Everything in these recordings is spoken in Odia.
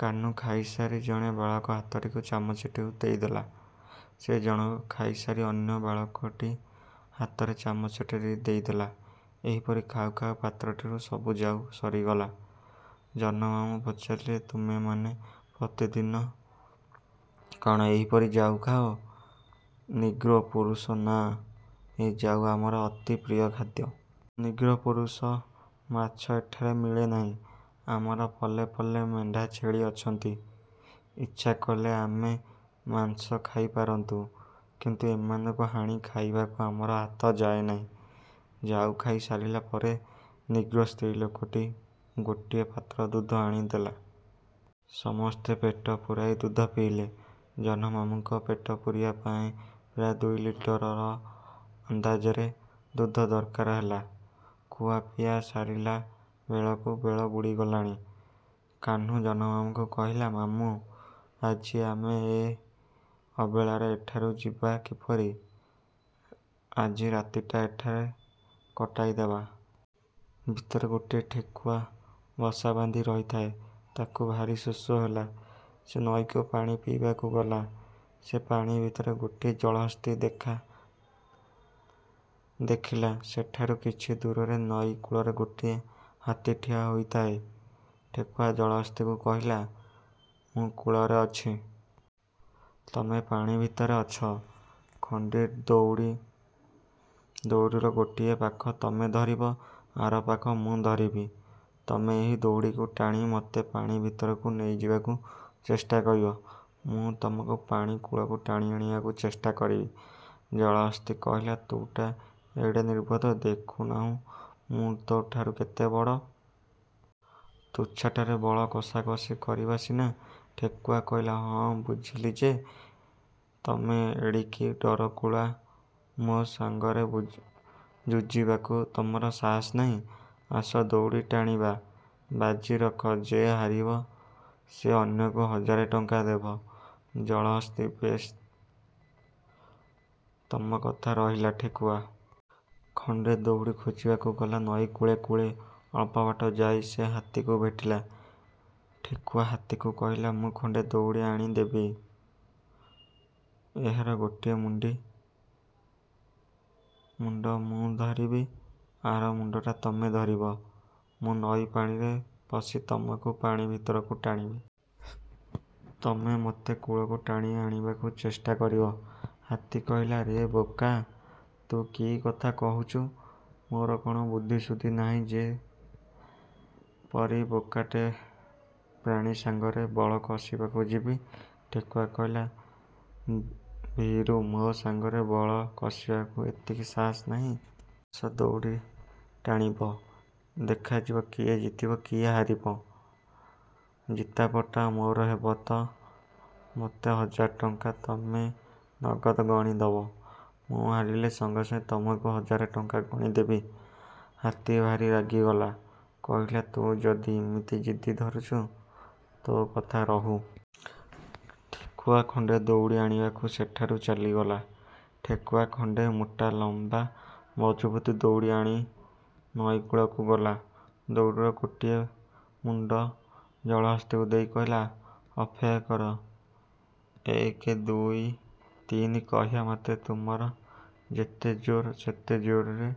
କାହ୍ନୁ ଖାଇସାରି ଜଣେ ବାଳକ ହାତକୁ ଚାମଚଟି ଦେଇଦେଲା। ସେ ଜଣକ ଖାଇସାରି ଅନ୍ୟ ବାଳକଟି ହାତରେ ଚାମଚଟି ଦେଇଦେଲା। ଏହିପରି ଖାଉ ଖାଉ ପାତ୍ରଟିରୁ ସବୁ ଜାଉ ସରିଗଲା। ଜହ୍ନମାମୁଁ ପଚାରିଲେ ତୁମେମାନେ ପ୍ରତିଦିନ କଣ ଏହିପରି ଜାଉ ଖାଅ? ନିଗ୍ରୋ ପୁରୁଷ ନା ଏ ଜାଉ ଆମର ଅତି ପ୍ରିୟ ଖାଦ୍ୟ। ନିଗ୍ରୋ ପୁରୁଷ ମାଛ ଏଠାରେ ମିଳେ ନାହିଁ। ଆମର ପଲେ ପଲେ ମେଣ୍ଢା ଛେଳି ଅଛନ୍ତି। ଇଚ୍ଛା କଲେ ଆମେ ମାଂସ ଖାଇ ପାରନ୍ତୁ। କିନ୍ତୁ ଏମାନଙ୍କୁ ହାଣି ଖାଇବାକୁ ଆମ ହାତ ଯାଏ ନାହିଁ। ଜାଉ ଖାଇ ସାରିଲା ପରେ ନିଗ୍ରୋ ସ୍ତ୍ରୀଲୋକଟି ଗୋଟିଏ ପାତ୍ରରେ ଦୁଧ ଆଣି ଦେଲା। ସମସ୍ତେ ପେଟ ପୂରାଇ ଦୁଧ ପିଇଲେ। ଜହ୍ନମାମୁଁଙ୍କ ପେଟ ପୂରିବା ପାଇଁ ପ୍ରାୟ ଦୁଇଲିଟର ଅନ୍ଦାଜରେ ଦୁଧ ଦରକାର ହେଲା। ଖୁଆପିଆ ସରିଲା ବେଳକୁ ବେଳ ବୁଡ଼ିଗଲାଣି। କାହ୍ନୁ ଜହ୍ନମାମୁଁଙ୍କୁ କହିଲା ମାମୁଁ ଆଜି ଆମେ ଏ ଅବେଳରେ ଏଠାରୁ ଯିବା କିପରି? ଆଜି ରାତିଟା ଏହିଠାରେ କଟାଇଦେବା। ଭିତରେ ଗୋଟିଏ ଠେକୁଆ ବସା ବାନ୍ଧି ରହିଥାଏ। ତାକୁ ଭାରି ଶୋଷ ହେଲା। ସେ ନଈକୁ ପାଣି ପିଇବାକୁ ଗଲା। ସେ ପାଣି ଭିତରେ ଗୋଟିଏ ଜଳହସ୍ତୀ ଦେଖିଲା। ସେଠାରୁ କିଛି ଦୂରରେ ନଈ କୂଳରେ ଗୋଟିଏ ହାତୀ ଠିଆ ହୋଇଥାଏ। ଠେକୁଆ ଜଳହସ୍ତୀକୁ କହିଲା ମୁଁ କୂଳରେ ଅଛି। ତମେ ପାଣି ଭିତରେ ଅଛ। ଖଣ୍ଡିଏ ଦଉଡ଼ିର ଗୋଟେ ପାଖ ତମେ ଧରିବ, ଆର ପାଖ ମୁଁ ଧରିବି। ତମେ ଏହି ଦଉଡ଼ିକୁ ଟାଣି ମୋତେ ପାଣି ଭିତରକୁ ନେଇଯିବାକୁ ଚେଷ୍ଟା କରିବ। ମୁଁ ତମକୁ ପାଣିରୁ କୂଳକୁ ଟାଣିଆଣିବାକୁ ଚେଷ୍ଟା କରିବି। ଜଳହସ୍ତୀ କହିଲା ତୁ ଟା ଏଡ଼େ ନିର୍ବୋଧ ଦେଖୁ ନାହୁଁ ମୁଁ ତୋ ଠାରୁ କେଡ଼େ ବଡ଼? ତୁଚ୍ଛାଟାରେ ବଳ କଷାକଷି କରିବା ସିନା ଠେକୁଆ କହିଲା ହଁ ବୁଝିଲି ଯେ ତମେ ଏଡ଼ିକି ଡରକୁଳା? ମୋ ସାଙ୍ଗରେ ଯୁଝିବାକୁ ତମର ସାହସ ନାହିଁ। ଆସ ଦଉଡ଼ି ଟାଣିବା ବାଜି ରଖ ଯେ ହାରିବ ସେ ଅନ୍ୟକୁ ହଜାରେ ଟଙ୍କା ଦେବ। ଜଳହସ୍ତୀ ବେଶ୍ ତମ କଥା ରହିଲା ଠେକୁଆ। ଖଣ୍ଡେ ଦଉଡ଼ି ଖୋଜିବାକୁ ଗଲା ନଈ କୂଳେ କୂଳେ ଅଳ୍ପ ବାଟ ଯାଇ ସେ ହାତୀକୁ ଭେଟିଲା। ଠେକୁଆ ହାତୀକୁ କହିଲା ମୁଁ ଖଣ୍ଡେ ଦଉଡ଼ି ଆଣି ଦେବି। ଏହାର ଗୋଟାଏ ମୁଣ୍ଡ ମୁଁ ଧରିବି ଆର ମୁଣ୍ଡଟା ତମେ ଧରିବ। ମୁଁ ନଈ ପାଣିରେ ପଶି ତମକୁ ପାଣି ଭିତରକୁ ଟାଣିବି। ତମେ ମୋତେ କୂଳକୁ ଟାଣି ଆଣିବାକୁ ଚେଷ୍ଟା କରିବ। ହାତୀ କହିଲା ରେ ବୋକା ତୁ କି କଥା କହୁଛୁ? ମୋର କଣ ବୁଦ୍ଧି ସୁଦ୍ଧି ନାହିଁ ଯେ ପରି ବକଟେ ପ୍ରାଣୀ ସାଙ୍ଗରେ ବଳ କଷିବାକୁ ଯିବି? ଠେକୁଆ କହିଲା ଭୀରୁ ମୋ ସାଙ୍ଗରେ ବଳ କଷିବାକୁ ଏତିକି ସାହସ ନାହିଁ? ଆସ ଦଉଡ଼ି ଟାଣିବ। ଦେଖାଯିବ କିଏ ଜିତିବ କିଏ ହାରିବ। ଜିତାପଟ ମୋର ହେବ ତ ମୋତେ ହଜାରେ ଟଙ୍କା ତମେ ନଗଦ ଗଣିଦେବ। ମୁଁ ହାରିଲେ ସାଙ୍ଗେ ସାଙ୍ଗେ ତମକୁ ହଜାରେ ଟଙ୍କା ଗଣିଦେବି। ହାତୀ ଭାରି ରାଗିଗଲା। କହିଲା ତୁ ଯଦି ଇମିତି ଜିଦ୍ ଧରିଛୁ ତୋ କଥା ରହୁ। ଠେକୁଆ ଖଣ୍ଡେ ଦଉଡ଼ି ଆଣିବାକୁ ସେଠାରୁ ଚାଲିଗଲା। ଠେକୁଆ ଖଣ୍ଡେ ମୋଟା ଲମ୍ବା ମଜଭୁତ ଦଉଡ଼ି ଆଣି ନଈକୂଳକୁ ଗଲା। ଦଉଡ଼ିର ଗୋଟାଏ ମୁଣ୍ଡ ଜଳହସ୍ତୀକୁ ଦେଇ କହିଲା ଅପେକ୍ଷା କର। ଏକ ଦୁଇ, ତିନି କହିବା ମାତ୍ରେ ତୁମର ଯେତେ ଜୋର ସେତେ ଜୋରରେ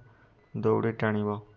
ଦଉଡ଼ି ଟାଣିବ।